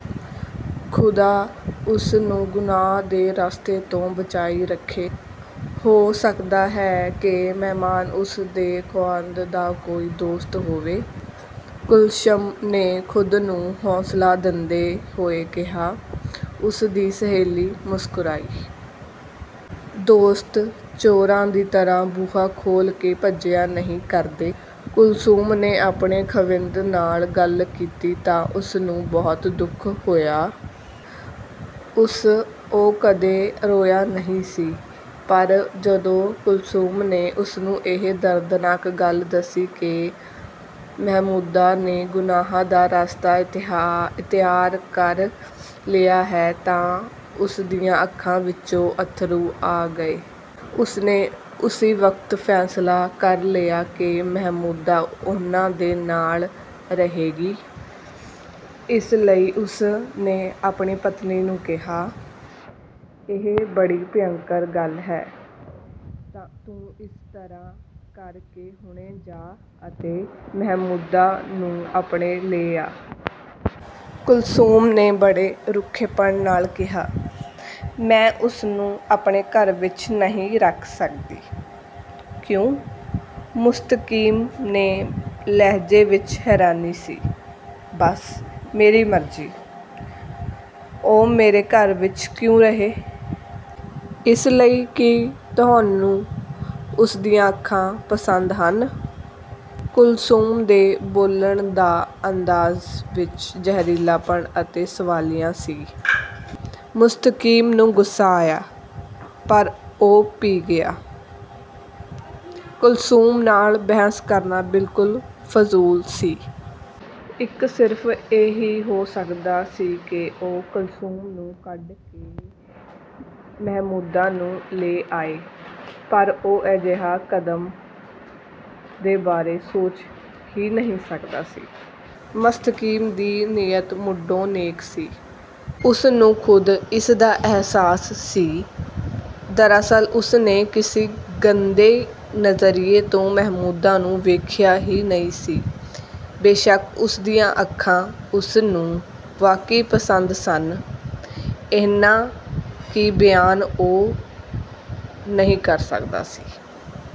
ਖ਼ੁਦਾ ਉਸ ਨੂੰ ਗੁਨਾਹ ਦੇ ਰਸਤੇ ਤੋਂ ਬਚਾਈ ਰੱਖੇ। ਹੋ ਸਕਦਾ ਹੈ ਉਹ ਮੈਮਨ ਉਸ ਦੇ ਖ਼ਾਵੰਦ ਦਾ ਕੋਈ ਦੋਸਤ ਹੋਵੇ। "ਕੁਲਸੁਮ ਨੇ ਖ਼ੁਦ ਨੂੰ ਹੌਸਲਾ ਦਿੰਦੇ ਹੋਏ ਕਿਹਾ। ਉਸ ਦੀ ਸਹੇਲੀ ਮੁਸਕੁਰਾਈ। "ਦੋਸਤ, ਚੋਰਾਂ ਦੀ ਤਰ੍ਹਾਂ ਬੂਹਾ ਖੋਲ੍ਹ ਕੇ ਭੱਜਿਆ ਨਹੀਂ ਕਰਦੇ। "ਕੁਲਸੁਮ ਨੇ ਆਪਣੇ ਖ਼ਾਵੰਦ ਨਾਲ ਗੱਲ ਕੀਤੀ ਤਾਂ ਉਸਨੂੰ ਬਹੁਤ ਦੁੱਖ ਹੋਇਆ। ਉਹ ਕਦੇ ਰੋਇਆ ਨਹੀਂ ਸੀ ਪਰ ਜਦੋਂ ਕੁਲਸੁਮ ਨੇ ਉਸਨੂੰ ਇਹ ਦਰਦਨਾਕ ਗੱਲ ਦੱਸੀ ਕਿ ਮਹਿਮੂਦਾ ਨੇ ਗੁਨਾਹ ਦਾ ਰਸਤਾ ਇਖ਼ਤਿਆਰ ਕਰ ਲਿਆ ਹੈ ਤਾਂ ਉਸ ਦੀਆਂ ਅੱਖਾਂ ਵਿੱਚ ਅੱਥਰੂ ਆ ਗਏ। ਉਸ ਨੇ ਉਸੀ ਵਕਤ ਫੈਸਲਾ ਕਰ ਲਿਆ ਕਿ ਮਹਿਮੂਦਾ ਉਨ੍ਹਾਂ ਦੇ ਨਾਲ ਰਹੇਗੀ, ਇਸ ਲਈ ਉਸ ਨੇ ਆਪਣੀ ਪਤਨੀ ਨੂੰ ਕਿਹਾ। "ਇਹ ਬੜੀ ਭਿਅੰਕਰ ਗੱਲ ਹੈ। ਤੂੰ ਇਸ ਤਰ੍ਹਾਂ ਕਰ ਕਿ ਹੁਣੇ ਜਾ ਅਤੇ ਮਹਿਮੂਦਾ ਨੂੰ ਆਪਣੇ ਲੈ ਆ! " ਕੁਲਸੁਮ ਨੇ ਬੜੇ ਰੁੱਖੇਪਣ ਨਾਲ ਕਿਹਾ "ਮੈਂ ਉਸਨੂੰ ਆਪਣੇ ਘਰ ਵਿੱਚ ਨਹੀਂ ਰੱਖ ਸਕਦੀ। " "ਕਿਉਂ? " ਮੁਸਤਕੀਮ ਦੇ ਲਹਿਜੇ ਵਿੱਚ ਹੈਰਾਨੀ ਸੀ। "ਬਸ, ਮੇਰੀ ਮਰਜ਼ੀ। ਉਹ ਮੇਰੇ ਘਰ ਵਿੱਚ ਕਿਉਂ ਰਹੇ? ਇਸ ਲਈ ਕਿ ਤੁਹਾਨੂੰ ਉਸ ਦੀਆਂ ਅੱਖਾਂ ਪਸੰਦ ਹਨ? " ਕੁਲਸੁਮ ਦੇ ਬੋਲਣ ਦਾ ਅੰਦਾਜ਼ ਬਹੁਤ ਜ਼ਹਿਰੀਲਾ ਅਤੇ ਸਵਾਲੀਆ ਸੀ। ਮੁਸਤਕੀਮ ਨੂੰ ਬਹੁਤ ਗੁੱਸਾ ਆਇਆ, ਪਰ ਉਹ ਪੀ ਗਿਆ। ਕੁਲਸੁਮ ਨਾਲ ਬਹਿਸ ਕਰਨਾ ਬਿਲਕੁਲ ਫ਼ਜ਼ੂਲ ਸੀ। ਇੱਕ ਸਿਰਫ਼ ਇਹੀ ਹੋ ਸਕਦਾ ਸੀ ਕਿ ਉਹ ਕੁਲਸੁਮ ਨੂੰ ਕੱਢ ਕੇ ਮਹਿਮੂਦਾ ਨੂੰ ਲੈ ਆਏ। ਪਰ ਉਹ ਅਜਿਹੇ ਕਦਮਾਂ ਦੇ ਬਾਰੇ ਸੋਚ ਹੀ ਨਹੀਂ ਸਕਦਾ ਸੀ। ਮੁਸਤਕੀਮ ਦੀ ਨੀਅਤ ਮੁਢੋਂ ਨੇਕ ਸੀ। ਉਸ ਨੂੰ ਖ਼ੁਦ ਇਸ ਦਾ ਅਹਿਸਾਸ ਸੀ। ਦਰਅਸਲ ਉਸ ਨੇ ਕਿਸੇ ਗੰਦੇ ਨਜ਼ਰੀਏ ਤੋਂ ਮਹਿਮੂਦਾ ਨੂੰ ਵੇਖਿਆ ਹੀ ਨਹੀਂ ਸੀ। ਬੇਸ਼ਕ ਉਸ ਦੀਆਂ ਅੱਖਾਂ ਉਸ ਨੂੰ ਵਾਕਈ ਪਸੰਦ ਸਨ, ਇੰਨੀਆਂ ਕਿ ਉਹ ਬਿਆਨ ਨਹੀਂ ਕਰ ਸਕਦਾ ਸੀ।